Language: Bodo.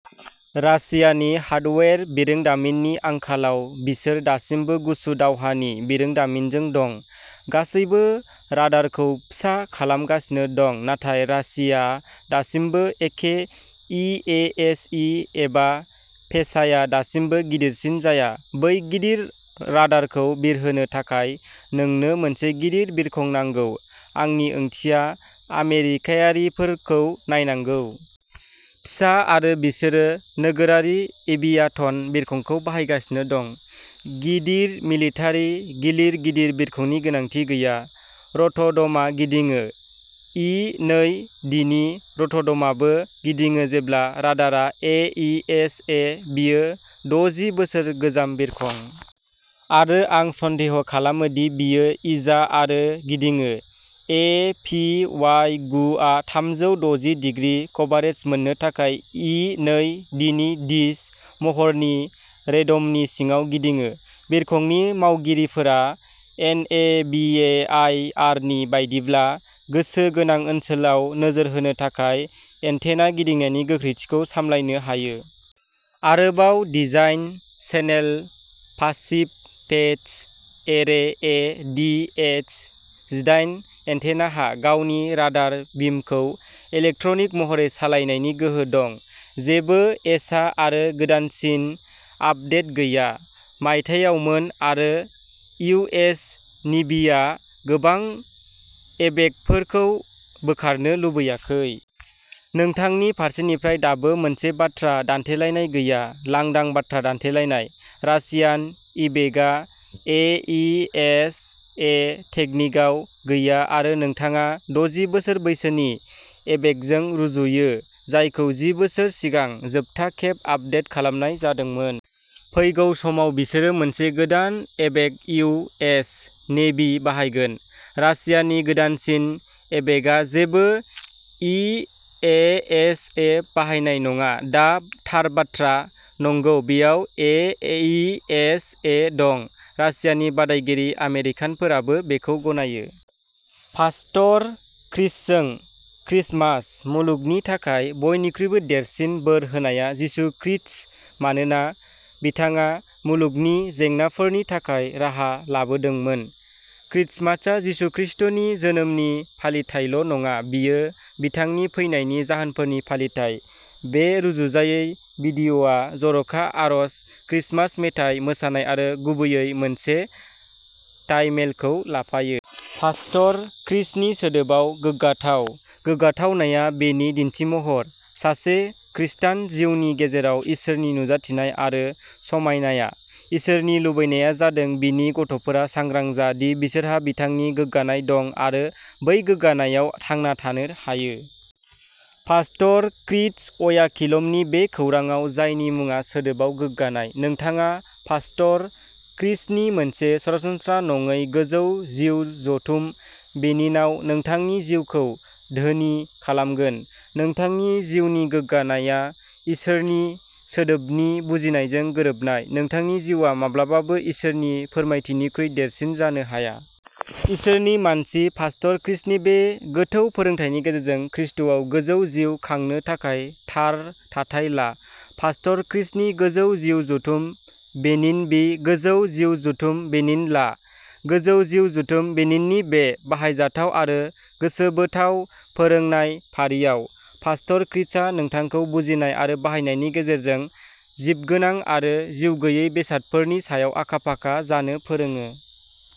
रासियानि हार्डवेर, बिरोंदामिननि आंखालाव बिसोर दासिमबो गुसु दावहानि बिरोंदामिनजों दं। गासैबो राडारखौ फिसा खालामगासिनो दं नाथाय रासिया दासिमबो एखे, इ ए एस इ एबा पेसाया दासिमबो गिदिरसिन जाया। बै गिदिर राडारखौ बिरहोनो थाखाय नोंनो मोनसे गिदिर बिरखं नांगौ, आंनि ओंथिया आमेरिकायारिफोरखौ नायनांगौ। फिसा आरो बिसोरो नोगोरारि एभियाटन बिरखंखौ बाहायगासिनो दं। गिदिर मिलिटारि गिलिर गिदिर बिरखंनि गोनांथि गैया। र'ट'ड'मआ गिदिङो। इ नै डिनि रटडमाबो गिदिङो जेब्ला राडारआ ए इ एस ए। बेयो दजि बोसोर गोजाम बिरखं। आरो आं सन्देह खालामो दि बेयो इजा आरो गिदिङो। ए पि वाइ गु आ थामजौ दजि दिग्रि कभारेज मोननो थाखाय इ नै डिनि डिश महरनि रेड'मनि सिङाव गिदिङो, बिरखंनि मावगिरिफोरा एनएभिएआइआरनि बायदिब्ला गोसो गोनां ओनसोलाव नोजोर होनो थाखाय एन्टेना गिदिंनायनि गोख्रैथिखौ सामलायनो हायो। आरोबाव, जिदाइन channel passive phase array A D S जिदाइन एन्टेनाहा गावनि राडार बिमखौ इलेक्ट्रनिक महरै सालायनायनि गोहो दं। जेबो एसा आरो गोदानसिन आपदेट गैया। मायथाइयावमोन, आरो इउएस नेभिआ गोबां एवेकफोरखौ बोखारनो लुबैयाखै। नोंथांनि फारसेनिफ्राय दाबो मोनसे बाथ्रा दान्थेलायनाय गैया, लांदां बाथ्रा दान्थेलायनाय। रासियान एवेकआ ए इ एस ए टेकनिकआव गैया आरो नोंथाङा दजि बोसोर बैसोनि एवेकजों रुजुयो, जायखौ जि बोसोर सिगां जोबथा खेब आपदेट खालामनाय जादोंमोन। फैगौ समाव बिसोरो मोनसे गोदान एवेक इउ एस नेभि बाहायगोन। रासियानि गोदानसिन एवेकआ जेबो इ ए एस ए बाहायनाय नङा, दा थार बाथ्रा। नंगौ, बेयाव ए इ एस ए दं। रासियानि बादायगिरि आमेरिकानफोराबो बेखौ गनायो। पास्टर क्रिसजों क्रिसमास। मुलुगनि थाखाय बयनिख्रुइबो देरसिन बोर होनायआ जिसु क्रिस्ट मानोना बिथाङा मुलुगनि जेंनाफोरनि थाखाय राहा लाबोदोंमोन। क्रिसमासआ जिसु क्रिस्टनि जोनोमनि फालिथायल'नङा बेयो बिथांनि फैनायनि जाहोनफोरनि फालिथाय। बे रुजुजायै भिडिय'आ जर'खा आरज, क्रिसमास मेथाइ, मोसानाय आरो गुबैयै मोनसे टाइमेलखौ लाफायो। पास्टर क्रिसनि सोदोबआव गोग्गाथाव। गोग्गाथावनाया बेनि दिन्थिमहर। सासे ख्रिस्टान जिउनि गेजेराव इसोरनि नुजाथिनाय आरो समायनाया। इसोरनि लुबैनाया जादों बिनि गथ'फोरा सांग्रां जा दि बिसोरहा बिथांनि गोग्गानाय दं आरो बै गोग्गानायआव थांना थानो हायो। पास्टर क्रिस अयाखिल'मनि बे खौरांआव जायनि मुङा सोदोबआव गोग्गानाय, नोंथाङा पास्टर क्रिसनि मोनसे सरासनस्रा नङै गोजौ जिउ जथुम बेनिनाव नोंथांनि जिउखौ धोनि खालामगोन। नोंथांनि जिउनि गोग्गानायआ इसोरनि सोदोबनि बुजिनायजों गोरोबनाय। नोंथांनि जिउआ माब्लाबाबो इसोरनि फोरमायथिनिख्रुइ देरसिन जानो हाया। इसोरनि मानसि पास्टर क्रिसनि बे गोथौ फोरोंथायनि गेजेरजों ख्रिस्ट’आव गोजौ जिउ खांनो थाखाय थार थाथाय ला। पास्टर क्रिसनि गोजौ जिउ जथुम बेनिन बि गोजौ जिउ जथुम बेनिन ला। गोजौ जिउ जथुम बेनिननि बे बाहायजाथाव आरो गोसोबोथाव फोरोंनाय फारिआव, पास्टर क्रिसआ नोंथांखौ बुजिनाय आरो बाहायनायनि गेजेरजों जिबगोनां आरो जिउगैयै बेसादफोरनि सायाव आखा-फाखा जानो फोरोङो।